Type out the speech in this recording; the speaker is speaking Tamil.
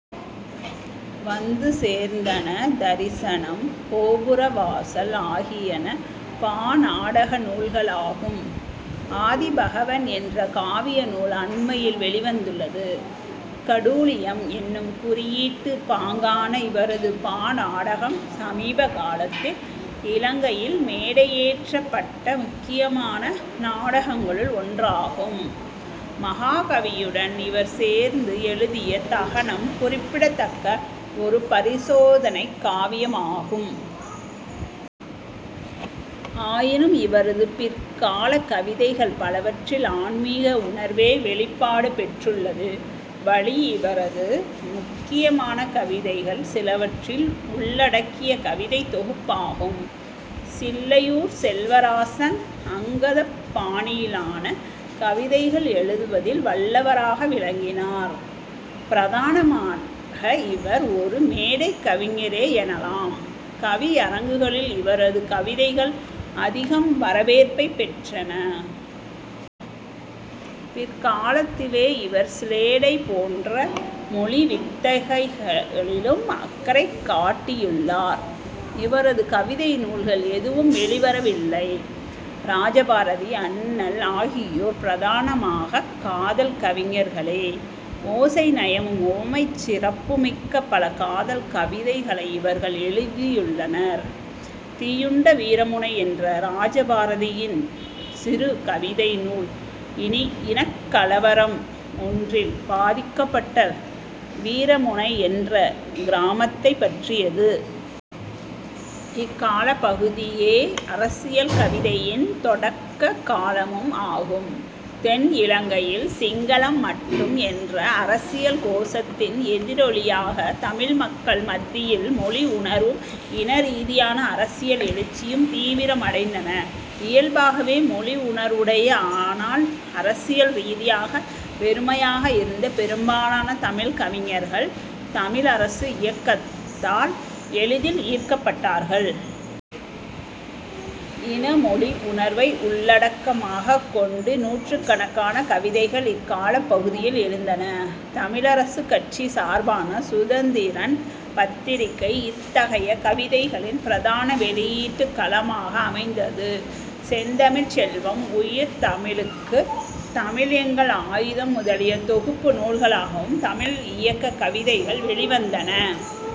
வந்து சேர்ந்தன-தரிசனம், கோபுரவாசல் ஆகியன பாநாடக நூல்களாகும். ஆதிபகவன் என்ற காவிய நூல் அண்மையில் வௌிவந்துள்ளது. கடூழியம் என்னும் குறியீட்டுப் பாங்கான இவரது பாநாடகம் சமீபகாலத்தில் இலங்கையில் மேடையேற்றப்பட்ட முக்கியமான நாடகங்களுள் ஒன்றாகும். மஹாகவியுடன் இவர் சேர்ந்து எழுதிய 'தகனம்' குறிப்பிடத்தக்க ஒரு பரிசோதனைக் காவியமாகும். ஆயினும் இவரது பிற்காலக் கவிதைகள் பலவற்றில் ஆன்மீக உணர்வே வௌிப்பாடு பெற்றுள்ளது. 'வழி' இவரது முக்கியமான கவிதைகள் சிலவற்றை உள்ளடக்கிய கவிதைத் தொகுப்பாகும். சில்லையூர் செல்வராசன் அங்கதப் பாணியிலான கவிதைகள் எழுதுவதில் வல்லவராக விளங்கினார். பிரதானமாக இவர் ஒரு மேடைக்கவிஞரே எனலாம். கவியரங்குகளில் இவரது கவிதைகள் அதிகம் வரவேற்பைப் பெற்றன. பிற்காலத்திலே இவர் சிலேடை போன்ற மொழி வித்தைகளிலும் அக்கறை காட்டியுள்ளார். இவரது கவிதை நூல்கள் எதுவும் வௌிவரவில்லை. இராஜ பாரதி, அண்ணல் ஆகியோர் பிரதானமாகக் காதல் கவிஞர்களே. ஓசைநயமும் உவமைச் சிறப்புமிக்க பல காதல் கவிதைகளை இவர்கள் எழுதியுள்ளனர். தீயுண்ட வீரமுனை என்ற இராஜ பாரதியின் சிறு கவிதை நூல் இனக்கலவரம் ஒன்றில் பாதிக்கப்பட்ட வீரமுனை என்ற கிராமத்தைப் பற்றியது. இக்காலப் பகுதியே அரசியல் கவிதையின் தொடக்க காலமும் ஆகும். தென் இலங்கையில் சிங்களம் மட்டும் என்ற அரசியல் கோசத்தின் எதிரொலியாக தமிழ் மக்கள் மத்தியில் மொழி உணர்வும் இனரீதியான அரசியல் எழுச்சியும் தீவிரம் அடைந்தன. இயல்பாகவே மொழி உணர்வுடைய, ஆனால் அரசியல் ரீதியாக வெறுமையாக இருந்த பெரும்பாலான தமிழ்க் கவிஞர்கள் 'தமிழ் அரசு' இயக்கத்தால் எளிதில் ஈர்க்கப்பட்டார்கள். இன, மொழி உணர்வை உள்ளடக்கமாகக் கொண்டு நூற்றுக்கணக்கான கவிதைகள் இக்காலப் பகுதியில் எழுந்தன. தமிழரசுக்கட்சி சார்பான சுதந்திரன் பத்திரிகை இத்தகைய கவிதைகளின் பிரதான வௌியீட்டுக் களமாக அமைந்தது. செந்தமிழ்ச் செல்வம், உயிர்தமிழுக்கு, தமிழ் எங்கள் ஆயுதம் முதலிய தொகுப்பு நூல்களாகவும் தமிழ் இயக்கக் கவிதைகள் வௌிவந்தன.